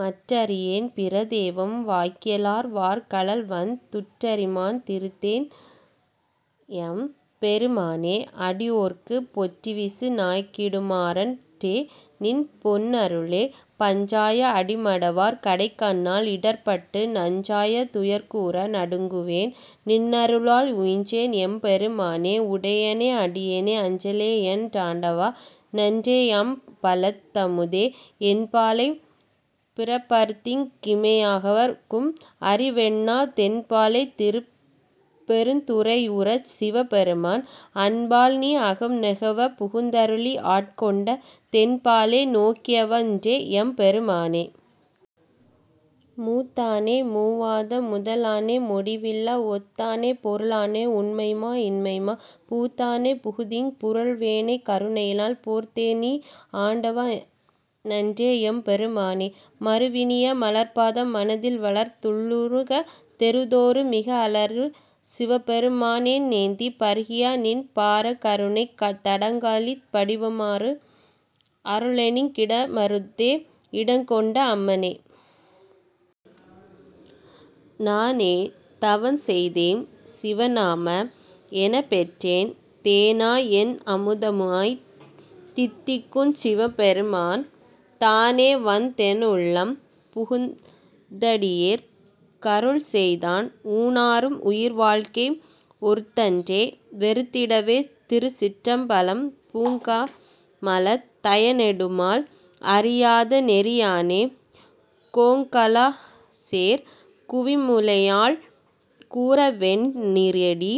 மற்றறியேன் பிறதெய்வம் வாக்கியலால் வார்கழல்வந் துற்றறிமாந் திருந்தேன்எம் பெருமானே அடியோற்குப் பொற்றிவிசு நாய்க்கிடுமா றன்றேநின் பொன்னருளே. பஞ்சாய அடிமடவார் கடைக்கண்ணால் இடர்ப்பட்டு நஞ்சாய துயர்கூர நடுங்குவேன் நின்னருளால் உய்ஞ்சேன் எம் பெருமானே உடையானே அடியேனை அஞ்சேலென் றாண்டவா றன்றேஅம் பலத்தமுதே. என்பலைப் பிறப்பறுத்திங் கிமையவர்க் கும் அறியவொண்ணா தென்பாலைத் திருப்பெருந் துறையுறையஞ் சிவபெருமான் அன்பால்நீ அகம்நெகவே புகுந்தருளி ஆட்கொண்ட தென்பாலே நோக்கியவா றன்றேஎம் பெருமானே. மூத்தானே மூவாத முதலானே முடிவில்லா ஒத்தானே பொருளானே உண்மையுமாய் இன்மையுமாய்ப் பூத்தானே புகுந்திங்குப் புரள்வேனைக் கருணையினால் போர்த்தேநீ ஆண்டவா றன்றேஎம் பெருமானே. மருவினிய மலர்ப்பாதம் மனத்தில்வளர்ந் துள்ளுருகத் தெருவுதொறும் மிக அலறிச் சிவபெருமா னென்றேத்திப் பருகியநின் பரங்கருணைத் தடங்கலிற் படிவாமாறு அருளெனக்கிங் கிடைமருதே இடங்கொண்ட அம்மனே. நானே தவஞ் செய்தேன் சிவநாம எனப்பெற்றேன் தேனாய்என் அமுதமாய்த் தித்திக்குஞ் சிவபெருமான் தானேவந் தெனதுள்ளம் புகுந்தடியேற் கருள்செய்தான் ஊனாரும் உயிர்வாழ்க்கை ஒறுத்தன்றே வெறுத்திடவே. திருச்சிற்றம்பலம் பூங்கமலத் தயனெடுமால் அறியாத நெறியானே கோங்கலர்சேர் குவிமுலையாள் கூறாவெண் ணீறாடி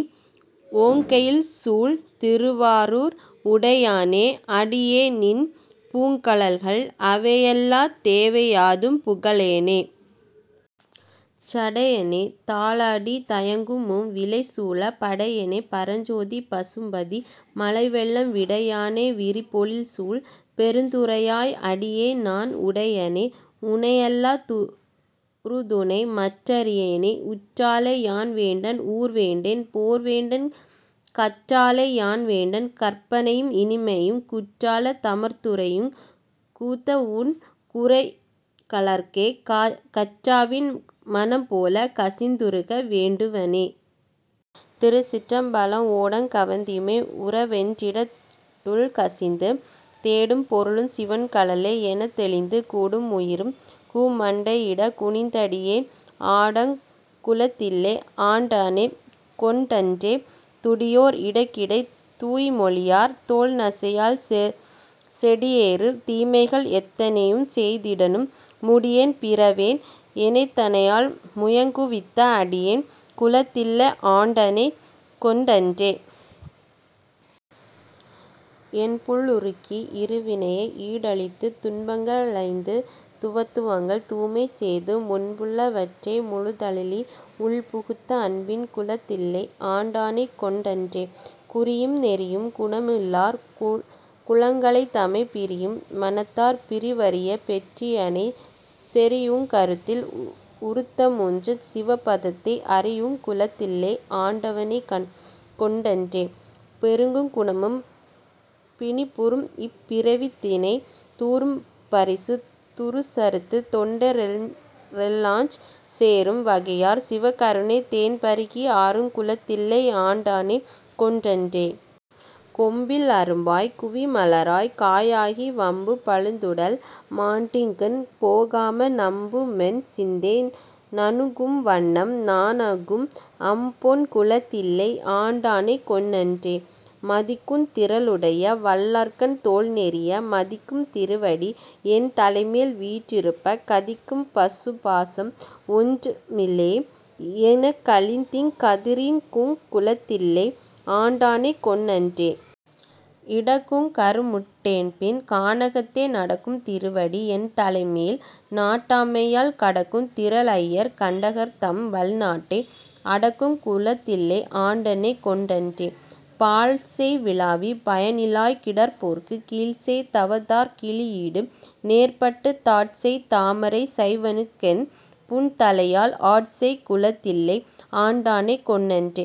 ஓங்கெயில்சூழ் திருவாரூர் உடையானே அடியேன்நின் பூங்கழல்கள் அவையல்லா தேவையாதும் புகழேனே. சடையனே தாலாடீக் தயங்குமூ விலைச்சூலப் படையனே பரஞ்சோதீ பசுபதீ மழவெள்ளை விடையானே விரிபொழில்சூழ் பெருந்துறையாய் அடியேன்நான் உடையானே உனையல்லா துறுதுணை மற் றறியேனே. உற்றாறை யான்வேண்டேன் ஊர்வேண்டேன் போர்வேண்டேன் கற்றாறை யான்வேண்டேன் கற்பனவும் இனியமையும் குற்றாலத் தமர்ந்துறையுங் கூத்தாஉன் குரைகழற்கே கற்றாவின் மனம்போலக் கசிந்துருக வேண்டுவனே. திருச்சிற்றம்பலம் ஓடுங் கவந்தியுமே உறவென்றிட் டுள்கசிந்து தேடும் பொருளுஞ் சிவன்கழலே எனத்தெளிந்து கூடும் உயிரும் குமண்டையிடக் குனித்தடியேன் ஆடுங் குலத்தில்லை ஆண்டானைக் கொண்டன்றே. துடியோர் இடுகிடைத் தூய்மொழியார் தோள்நசையால் செடியேறு தீமைகள் எத்தனையுஞ் செய்திடினும் முடியேன் பிறவேன் எனைத்தனயாள் முயங்குவித்த அடியேன் குலாத்தில்லை ஆண்டானைக் கொண்டன்றே. என்புள் ளுருக்கி இருவினையை ஈடழித்துத் துன்பங் களைந்து துவந்துவங்கள் தூய்மைசெய்து முன்புள்ள வற்றை முழுதழலி உள்புகுத்த அன்பின் குலாத்தில்லை ஆண்டானைக் கொண்டன்றே. குறியும் நெறியும் குணமுமிலார் குழாங்களைதமைப் பிரியும் மனத்தார் பிரிவரிய பெற்றியனைச் செறியுங் கருத்தில் உருத்தமுதாஞ் சிவபதத்தை அறியுங் குலாத்தில்லை ஆண்டானைக் கொண்டன்றே. பேருங் குணமும் பிணிப்புறும்இப் பிறவிதனைத் தூரும் பரிசு துரிசறுத்துத் தொண்ட ரெல்லாஞ் சேரும் வகையாற் சிவன்கருணைத் தேன்பருகி ஆருங் குலாத்தில்லை ஆண்டானைக் கொண்டன்றே. கொம்பில் அரும்பாய்க் குவிமலராய்க் காயாகி வம்பு பழுத்துடல் மாண்டிங்ஙன் போகாமே நம்புமென் சிந்தை நணுகும்வண்ணம் நாணுகும் அம்பொன் குலத்தில்லை ஆண்டானைக் கொண்டன்றே. மதிக்குந் திறலுடைய வல்லரக்கன் தோள்நெரிய மதிக்குந் திருவடி என் தலைமேல் வீற்றிருப்பக் கதிக்கும் பசுபாசம் ஒன்றுமிலோம் எனக்களித்திங் கதிர்க்குங் குலாத்தில்லை ஆண்டானைக் கொண்டன்றே. இடக்குங் கருமுருட் டேனப்பின் கானகத்தே நடக்குந் திருவடி என்தலைமேல் நாட்டமையால் கடக்குந் திறல்ஐவர் கண்டகர்தம் வல்லாட்டை அடக்குங் குலத்தில்லை ஆண்டானைக் கொண்டன்றே. பாழ்ச்செய் விளாவிப் பயனிலியாய்க் கிடப்போற்குக் கீழ்ச்செய் தவத்தாற் கிழியீடு நேர்பட்டுத் தாட்செய்ய தாமரைச் சைவனுக்கென் புன்தலையால் ஆட்செய் குலாத்தில்லை ஆண்டானைக் கொண்டன்றே.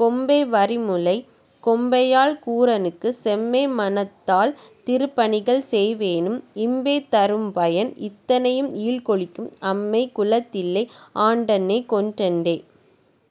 கொம்மை வரிமுலைக் கொம்பனையாள் கூறனுக்குச் செம்மை மனத்தால் திருப்பணிகள் செய்வேனுக்கு இம்பை தரும்பயன் இத்தனையும் ஈங்கொழிக்கும் அம்மை குலாத்தில்லை ஆண்டானைக் கொண்டன்றே.